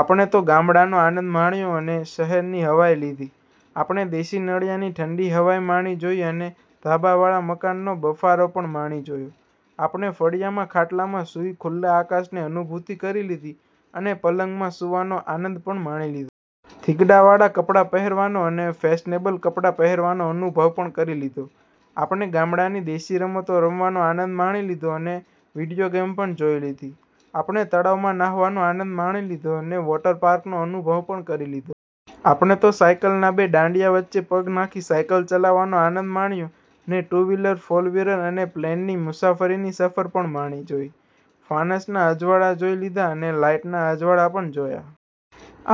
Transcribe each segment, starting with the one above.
આપણે તો ગામડાનો આનંદ માણ્યો અને શહેરની હવાય લીધી. આપણે દેશી નળિયાની ઠંડી હવાય માણી જોઇ અને ધાબાવાળા મકાનનો બફારો પણ માણી જોયો. આપણે ફળિયામાં ખાટલામાં સુઇ ખુલ્લા આકાશની અનુભૂતિ કરી લીધી, અને પલંગમાં સુવાનો આનંદ પણ માણી લીધો. થીગડાવાળા કપડા પહેરવાનો અને ફેશનેબલ કપડા પહેરવાનો અનુભવ પણ કરી લીધો. આપણે ગામડાની દેશી રમતો રમવાનો આનંદ માણી લીધો અને વિડીયો ગેમ પણ જોઇ લીધી. આપણે તળાવમા નાહવાનો આનંદ માણી લીધો અને વૉટર પાર્કનો અનુભવ પણ કરી લીધો. આપણે તો સાઇકલના બે ડાંડિયા વચ્ચે પગ નાખી સાઇકલ ચલાવવાનો આનંદ માણ્યો અને ટુ વ્હીલ, ફોર વ્હીલ અને પ્લેનની મુસાફરીની સફર પણ માણી જોઇ. ફાનસના અજવાળા જોઇ લીધા અને લાઇટના અજવાળા પણ જોયા.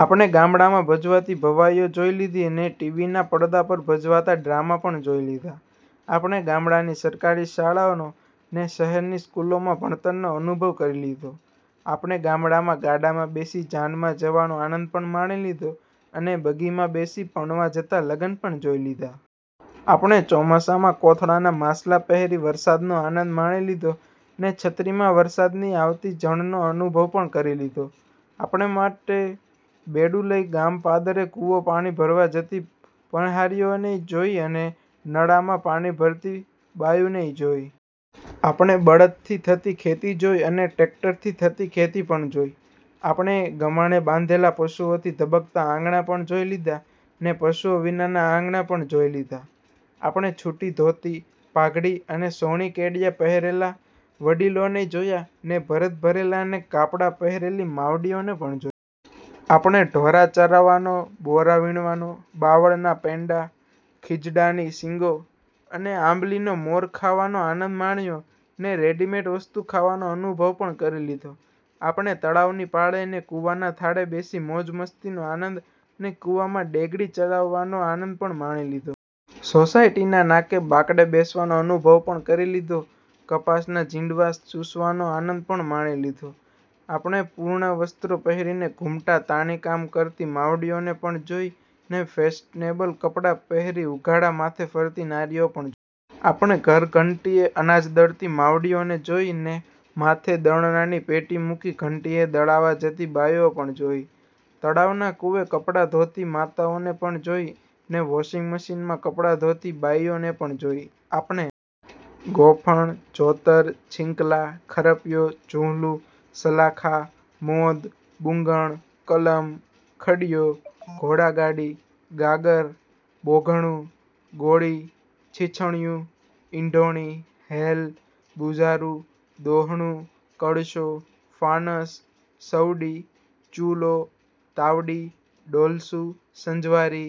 આપણે ગામડામાં ભજવાતી ભવાઇઓ જોઇ લીધી અને ટી. વી. ના પડદા પર ભજવાતા ડ્રામા પણ જોઇ લીધા. આપણે ગામડાની સરકારી શાળાનો અને શહેરની સ્કૂલોમાં ભણતરનો અનુભવ કરી લીધો. આપણે ગામડામાં ગાડામા બેસી જાનમા જવાનો આનંદ પણ માણી લીધો અને બગીમા બેસી પણવા જતા લગન પણ જોઇ લીધા. આપણે ચોમાસામા કોથળાના માસલા પહેરી વરસાદનો આનંદ માણી લીધો અને છત્રીમા વરસાદની આવતી ઝણનો અનુભવ પણ કરી લીધો. આપણે માટે બેડુ લઇ ગામ પાદરે કુવો પાણી ભરવા જતી પનીહારીઓને જોઇ અને નળમા પાણી ભરતી બાઇયુનેય જોઇ. આપણે બળદથી થતી ખેતી જોઇ અને ટેકટરથી થતી ખેતી પણ જોઇ. આપણે ગમાણે બાંધેલા પશુઓથી ધબકતા આંગણા પણ જોઇ લીધા અને પશુઓ વિનાના આંગણા પણ જોઇ લીધા. આપણે છુટી ધોતી, પાઘડી અને સોણી- કેડિયા પહેરેલા વડીલોનેય જોયા અને ભરત ભરેલા અને કાપડા પહેરેલી માવડીઓને પણ જોઇ. આપણે ઢોરા ચારવાનો, બોરા વીણવાનો, બાવળના પૈડા – ખીજડાની સીંગો અને આંબલીનો મોર ખાવાનો આનંદ માણ્યો અને રેડીમેડ વસ્તુ ખાવાનો અનુભવ પણ કરી લીધો. આપણે તળાવની પાળે અને કુવાના થાળે બેસી મોજ મસ્તીનો આનંદ અને કુવામા ડેગડી ચડાવવાનો આનંદ માણી લીધો. સોસાયટીના નાકે બાકડે બેસવાનો અનુભવ પણ કરી લીધો કપાસના જીંડવા ચુસવાનો આનંદ પણ માણી લીધો. આપણે પૂર્ણ વસ્ત્રો પહેરી ને ઘુમટો તાણી કામ કરતી માવડીઓને પણ જોઇ અને ફેશનેબલ કપડા પહેરી ઉઘાડા માથે ફરતી નારીઓ પણ આપણે ધરધંટીએ અનાજ દળતી માવડીઓને જોઇ અને માથે દળણાની પેટી મુકી ઘંટીએ દળાવા જતી બાઇઓ પણ જોઇ. તળાવના કુવે કપડા ધોતી માતાઓને પણ જોઇ અને વૉશીંગ મશીનમા કપડા ધોતી બાઇઓને પણ જોઇ. આપણે ગોફણ, જોતર, છીંકલા, ખરપિયો, જીંહલુ, સલાખા, મોદ, બુંગણ, કલમ, ખડિયો, ઘોડાગાડી, ગાગર, બોઘણુ, ગોળી, છીછણિયુ, ઇંઢોણી, હેલ, બુઝારુ, દોહણુ, કળશો, ફાનસ, સવડી, ચૂલો, તાવડી, ડોલસુ, સંજવારી,